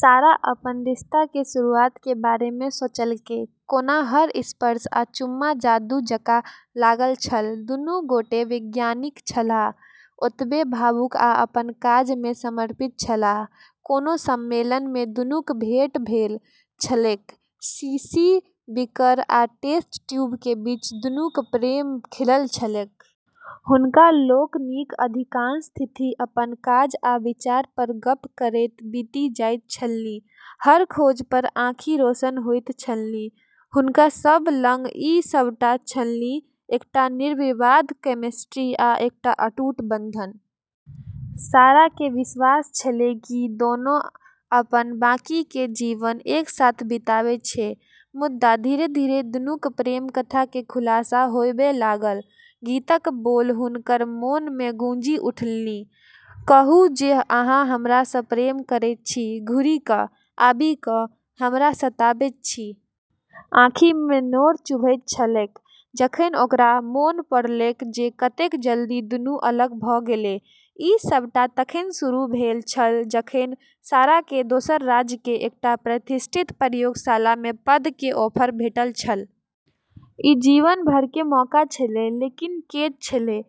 सारा अपन रिश्ता के शुरुआत के बारे में सोचलकै, कोना हर स्पर्श आ चुम्मा जादू जकाँ लागल छल। दुनू गोटे वैज्ञानिक छलाह, ओतबे भावुक आ अपन काज मे समर्पित छलाह। कोनो सम्मेलन मे दुनूक भेंट भेल छलैक, शीशी, बीकर, आ टेस्ट ट्यूब के बीच दुनूक प्रेम खिलल छलैक। हुनका लोकनिक अधिकांश तिथि अपन काज आ विचार पर गप्प करैत बीति जाइत छलनि, हर खोज पर आँखि रोशन होइत छलनि। हुनका सब लग ई सबटा छलनि, एकटा निर्विवाद केमिस्ट्री आ एकटा अटूट बंधन। सारा के विश्वास छेलै कि दोनों अपन बाकी के जीवन एक साथ बिताबै छै। मुदा धीरे-धीरे दुनूक प्रेमकथा के खुलासा होबय लागल। गीतक बोल हुनकर मोन मे गूँजि उठलनि, "कहू जे अहाँ हमरा सँ प्रेम करैत छी, घुरि क' आबि क' हमरा सताबैत छी।" आँखि मे नोर चुभैत छलैक जखन ओकरा मोन पड़लैक जे कतेक जल्दी दुनू अलग भ' गेलै। ई सबटा तखन शुरू भेल छल जखन सारा के दोसर राज्य के एकटा प्रतिष्ठित प्रयोगशाला मे पद के ऑफर भेटल छल। ई जीवन भर के मौका छेलै, लेकिन कैच छेलै,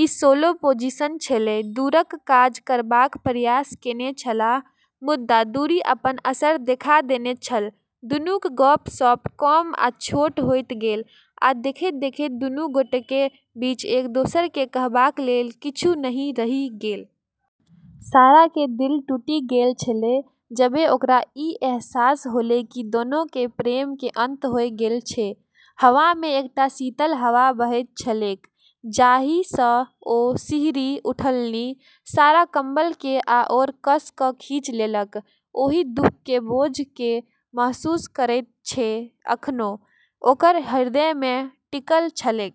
ई सोलो पोजीशन छेलै। दूरक काज करबाक प्रयास केने छलाह, मुदा दूरी अपन असर देखा देने छल। दुनूक गप्प-सप्प कम आ छोट होइत गेल, आ देखैत-देखैत दुनू गोटेक बीच एक-दोसर केँ कहबाक लेल किछु नहि रहि गेल। सारा के दिल टूटी गेलऽ छेलै जबेॅ ओकरा ई अहसास होलै कि दोनों के प्रेम के अंत होय गेलऽ छै। हवा मे एकटा शीतल हवा बहैत छलैक, जाहि सँ ओ सिहरि उठलनि। सारा कम्बल केँ आओर कस क' खींच लेलक, ओहि दुख के बोझ केँ महसूस करैत जे एखनो ओकर हृदय मे टिकल छलैक।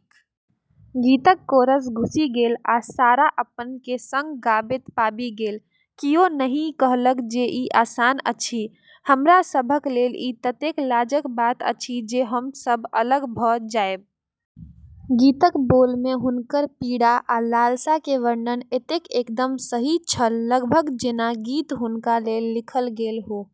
गीतक कोरस घुसि गेल आ सारा अपन केँ संग गाबैत पाबि गेल, "कियो नहि कहलक जे ई आसान अछि, हमरा सभक लेल ई ततेक लाजक बात अछि जे हम सभ अलग भ' जायब।" गीतक बोल मे हुनकर पीड़ा आ लालसा के वर्णन एतेक एकदम सही छल; लगभग जेना गीत हुनका लेल लिखल गेल हो।